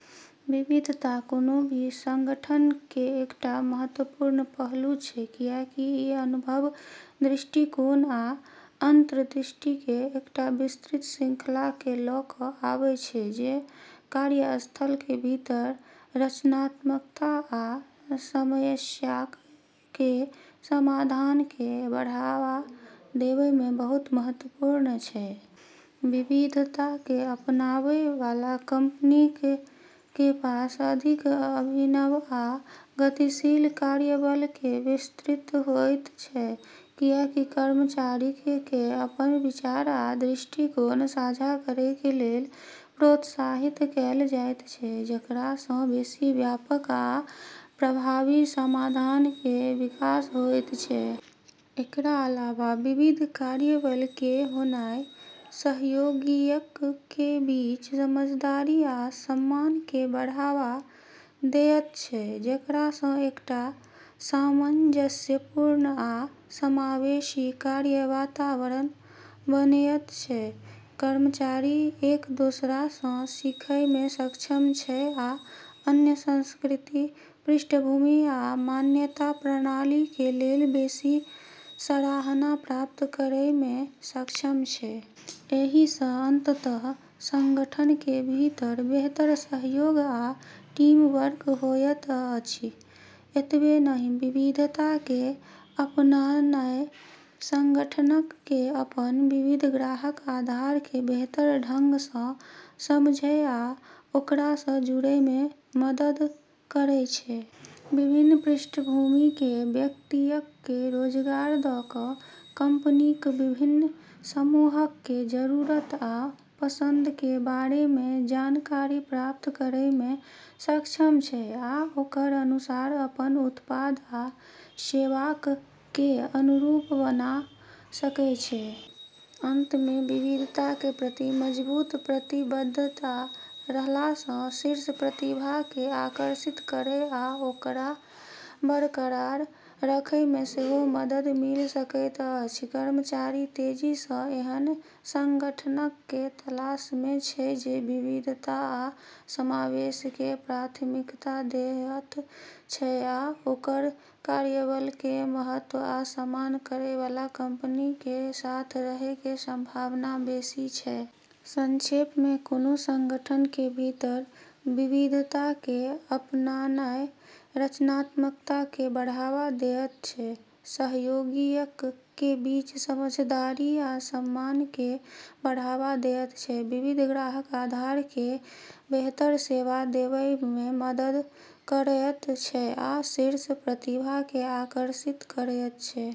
विविधता कोनों भी संगठन के एकटा महत्वपूर्ण पहलू छै, कियाकि इ अनुभव, दृष्टिकोण, आ अंतर्दृष्टि के एकटा विस्तृत श्रृंखला के ल क आबै छै, जे कार्यस्थल के भीतर रचनात्मकता आ समस्याक के समाधान के बढ़ावा देवय मे बहुत महत्वपूर्ण छै। विविधता के अपनाबै वाला कंपनीक के पास अधिक अभिनव आ गतिशील कार्यबल के प्रवृत्ति होयत छै, कियाकि कर्मचारीक के अपन विचार आ दृष्टिकोण साझा करय के लेल प्रोत्साहित कैल जायत छै, जेकरा सं बेसि व्यापक आ प्रभावी समाधान के विकास होयत छै। एकरा अलावा विविध कार्यबल के होनाय सहयोगियक के बीच समझदारी आ सम्मान के बढ़ावा देयत छै, जेकरा सं एकटा सामंजस्यपूर्ण आ समावेशी कार्य वातावरण बनयत छै। कर्मचारी एक दोसरा सं सीखय मे सक्षम छै आ अन्य संस्कृति, पृष्ठभूमि आ मान्यता प्रणाली के लेल बेसि सराहना प्राप्त करय मे सक्षम छै। एहि सं अंततः संगठन के भीतर बेहतर सहयोग आ टीम वर्क होयत अछि। एतबे नहि, विविधता के अपनानाय संगठनक के अपन विविध ग्राहक आधार के बेहतर ढंग सं समझय आ ओकरा सं जुड़य मे मदद करय छै। विभिन्न पृष्ठभूमि के व्यक्तियक के रोजगार द क कंपनीक विभिन्न समूहक के जरूरत आ पसंद के बारे मे जानकारी प्राप्त करय मे सक्षम छै, आ ओकर अनुसार अपन उत्पाद या सेवाक के अनुरूप बना सकय छै। अंत में, विविधता के प्रति मजबूत प्रतिबद्धता रहला सं शीर्ष प्रतिभा के आकर्षित करय आ ओकरा बरकरार रखय में सेहो मदद मिल सकैत अछि। कर्मचारी तेजी सं ऐहन संगठनक के तलाश मे छै जे विविधता आ समावेश के प्राथमिकता देयत छै, आ ओकर कार्यबल के महत्व आ सम्मान करय वाला कंपनी के साथ रहय के संभावना बेसि छै। संक्षेप मे, कोनों संगठन के भीतर विविधता के अपनानाय रचनात्मकता के बढ़ावा देयत छै, सहयोगियक के बीच समझदारी आ सम्मान के बढ़ावा देयत छै, विविध ग्राहक आधार के बेहतर सेवा देवय मे मदद करयत छै, आ शीर्ष प्रतिभा के आकर्षित करयत छै।